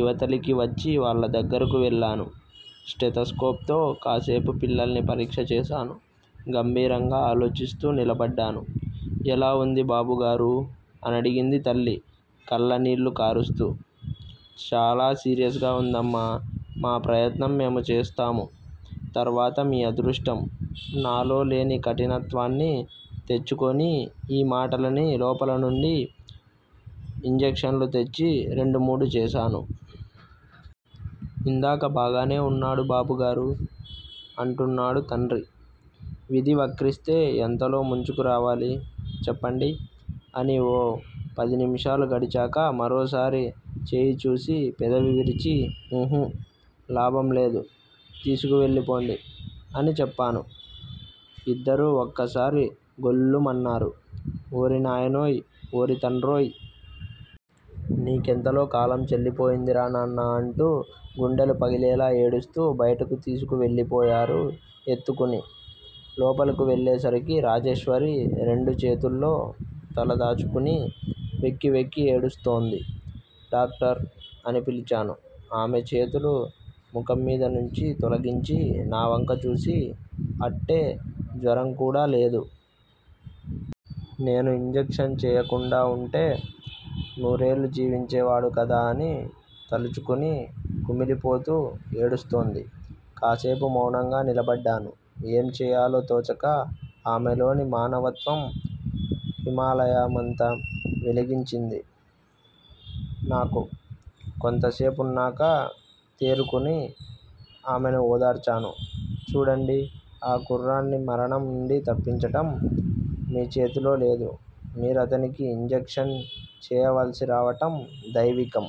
ఇవతలకి వచ్చి వాళ్ళ దగ్గరకు వెళ్ళాను. స్టెతస్కోప్ తో కాసేపు పిల్లాణ్ణి పరీక్ష చేశాను. గంభీరంగా ఆలోచిస్తూ నిలబడ్డాను. ఎలా వుంది బాబుగారూ! అనడిగింది తల్లి, కళ్ళనీళ్ళు కారుస్తూ. చాలా సీరియస్ గా ఉందమ్మా! మా ప్రయత్నం మేము చేస్తాము. తర్వాత మీ అదృష్టం నాలో లేని కఠినత్వాన్ని తెచ్చుకొని యీ మాటలని లోపల నుండి యింజక్షన్లు తెచ్చి రెండుమూడు చేశాను. ఇందాకా బాగానే ఉన్నాడు బాబుగారూ! అంటున్నాడు తండ్రి. విధి వక్రిస్తే ఎంతలో ముంచుకురావాలి చెప్పండి అని ఓ పదినిమిషాలు గడిచాక మరోసారి చెయ్యిచూసి పెదవి విరిచి ఉహు, లాభం లేదు తీసుకు వెళ్ళిపోండి అని చెప్పాను. ఇద్దరూ ఒక్కసారి గొల్లుమన్నారు. ఓరి నాయనోయ్! ఓరి తండ్రోయ్! నీ కెంతలో కాలం చెల్లిపోయిందిరా నాన్నా! అంటూ గుండెలు పగిలేలా ఏడుస్తూ బయటకు తీసుకు వెళ్ళిపోయారు, ఎత్తుకుని. లోపలకు వెళ్ళేసరికి రాజేశ్వరి రెండు చేతుల్లో తలదాచుకుని వెక్కివెక్కి ఏడుస్తోంది. డాక్టర్! అని పిలిచాను ఆమె చేతులు ముఖంమీద నుంచి తొలగించి నావంక చూసి అట్టే జ్వరం కూడా లేదు. నేను యింజక్షన్ చేయకుండావుంటే నూరేళ్ళు జీవించే వాడు కదా అని తలుచుకుని కుమిలిపోతూ ఏడుస్తోంది. కాసేపు మౌనంగా నిలబడ్డాను, ఏం చేయాలో తోచక. ఆమెలోని మానవత్వం హిమాలయమంత వెలిగించింది నాకు. కొంతసేపున్నాక తేరుకుని ఆమెను ఓదార్చాను. చూడండి. ఆ కుర్రాణ్ని మరణం నుండి తప్పించటం మీ చేతిలో లేదు మీరతనికి యిన్ జక్షన్ చెయ్యాల్సిరావటం దైవికం.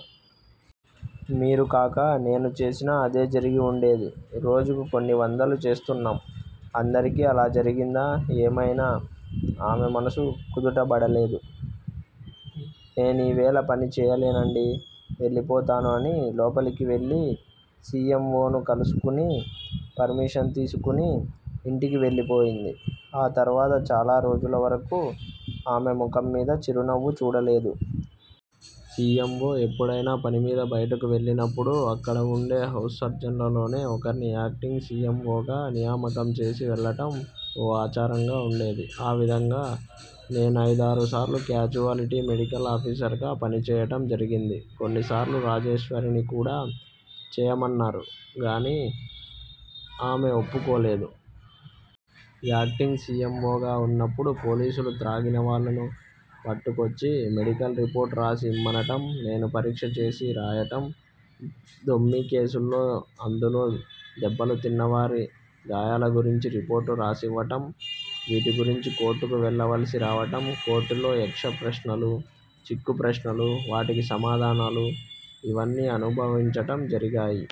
మీరుకాక నేను చేసినా అదే జరిగి వుండేది. రోజుకు కొన్నివందలు చేస్తున్నాం. అందరికీ అలా జరిగిందా? ఏమయినా ఆమె మనస్సు కుదుటబడలేదు. నే నివేళ పని చేయలేనండీ వెళ్ళిపోతాను అని లోపలకువెళ్ళి సి. ఎమ్. ఓ. ను కలుసుకుని, పర్మిషన్ తీసుకుని యింటికి వెళ్ళిపోయింది. ఆ తర్వాత చాలా రోజులవరకూ ఆమె ముఖంమీద చిరునవ్వు చూడలేదు. సి. ఎమ్. ఓ ఎప్పుడైనా పనిమీద బయటకు వెళ్ళినప్పుడు, అక్కడ వుండే హౌస్ సర్జన్లలోనే ఒకర్ని యాక్టింగ్ సి. ఎమ్. ఓ. గా నియామకం చేసి వెళ్ళటం ఓ ఆచారంగా ఉండేది. ఆ విధంగా నేనయిదారుసార్లు క్యాజుయాలిటీ మెడికల్ ఆఫీసర్ గా పనిచేయటం జరిగింది. కొన్నిసార్లు రాజేశ్వరిని కూడా చెయ్యమన్నారు గాని, ఆమెను ఒప్పుకోలేదు. Acting C. ఎమ్. ఓ. గా ఉన్నప్పుడు పోలీసులు త్రాగిన వాళ్ళను పట్టుకొచ్చి మెడికల్ రిపోర్ట్ రాసి యిమ్మనటం, నేను పరీక్ష చేసి రాయటం, దొమ్మీ కేసుల్లో అందులో దెబ్బలు తిన్నవారి గాయాలగురించి రిపోర్టు రాసివ్వటం వీటిగురించి కోర్టుకు వెళ్ళవలసి రావటం, కోర్టులో యక్షప్రశ్నలు, చిక్కుప్రశ్నలు, వాటికి సమాధానాలూ _ ఇవన్నీ అనుభవించటం జరిగాయి.